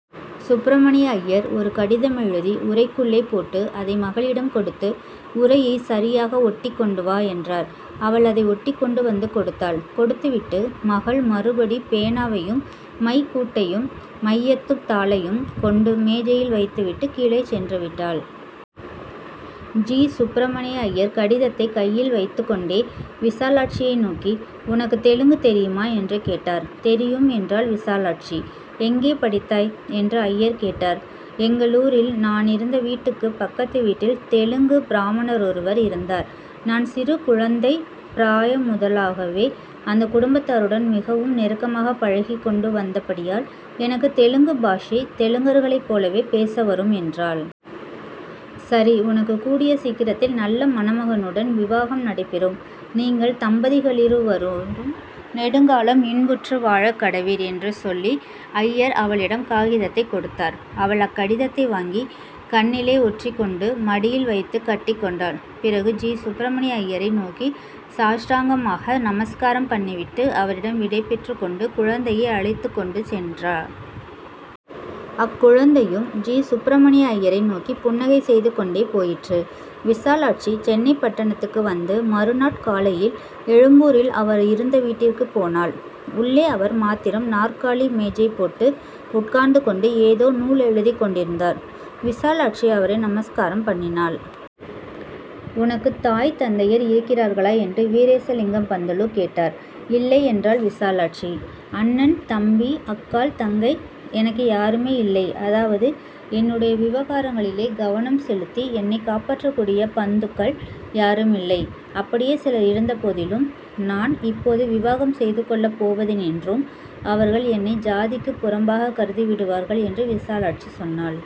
சுப்பிரமணிய அய்யர் ஒரு கடிதமெழுதி உறைக்குள்ளே போட்டு, அதை மகளிடம் கொடுத்து ''உறையை சரியாக ஒட்டிக் கொண்டு வா'' என்றார். அவள் அதை ஒட்டிக் கொண்டு வந்து கொடுத்தாள். கொடுத்துவிட்டு, மகள் மறுபடி பேனாவையும், மைக்கூட்டையும் மையத்தும் தாளையும் கொண்டு மேஜையில் வைத்துவிட்டுக் கீழே சென்றுவிட்டாள். ஜீ. சுப்பிரமணிய அய்யர் கடிதத்தைக் கையில் வைத்துக் கொண்டே விசாலாட்சியை நோக்கி, ''உனக்குத் தெலுங்கு தெரியுமா? '' என்று கேட்டார். ''தெரியும்'' என்றாள் விசாலாட்சி. ''எங்கே படித்தாய்? '' என்று அய்யர் கேட்டார். ''எங்களூரில் நானிருந்த வீட்டுக்குப் பக்கத்து வீட்டில் தெலுங்குப் பிராமணரொருவர் இருந்தார். நான் சிறு குழந்தைப் பிராய முதலாகவே அந்தக் குடும்பத்தாருடன் மிகவும் நெருக்கமாக பழகிக் கொண்டு வந்தபடியால் எனக்குத் தெலுங்கு பாஷை தெலுங்கர்களைப் போலவே பேச வரும்'' என்றாள். ''சரி, உனக்குக் கூடிய சீக்கிரத்தில் நல்ல மணமகனுடன் விவாகம் நடைபெறும். நீங்கள் தம்பதிகளிருவரும் நெடுங்காலம் இன்புற்று வாழக் கடவீர்'' என்று சொல்லி, அய்யர் அவளிடம் காகிதத்தைக் கொடுத்தார். அவள் அக்கடித்தை வாங்கி கண்ணிலே ஒற்றிக்கொண்டு மடியில் வைத்துக் கட்டிக் கொண்டாள். பிறகு ஜீ. சுப்பிரமணிய அய்யரை நோக்கி சாஷ்டாங்கமாக நமஸ்காரம் பண்ணிவிட்டு, அவரிடம் விடை பெற்றுக் கொண்டு, குழந்தையை அழைத்துக் கொண்டு சென்ற அக்குழந்தையும் ஜீ. சுப்பிரமணிய அய்யரை நோக்கிப் புன்னகை செய்து கொண்டே போயிற்று. விசாலாட்சி சென்னைப்பட்டணத்துக்கு வந்து, மறுநாட் காலையில் எழும்பூரில் அவர் இருந்த வீட்டிற்குப் போனாள். உள்ளே அவர் மாத்திரம் நாற்காலி மேஜை போட்டு உட்கார்ந்து கொண்டு ஏதோ நூலெழுதிக் கொண்டிருந்தார். விசாலாட்சி அவரை நமஸ்காரம் பண்ணினாள். ''உனக்குத் தாய் தந்தையர் இருக்கிறார்களா? '' என்று வீரேசலிங்கம் பந்துலு கேட்டார். ''இல்லை'' என்றாள் விசாலாட்சி. ''அண்ணன், தம்பி, அக்காள், தங்கை-? '' ''எனக்கு யாருமே இல்லை. அதாவது, என்னுடைய விவகாரங்களிலே கவனம் செலுத்தி என்னைக் காப்பாற்றக்கூடிய பந்துக்கள் யாருமில்லை. அப்படியே சிலர் இருந்தபோதிலும், நான் இப்போது விவாகம் செய்துகொள்ளப் போவதினின்றும் அவர்கள் என்னை ஜாதிக்குப் புறம்பாகக் கருதி விடுவார்கள்'' என்று விசாலாட்சி சொன்னாள்.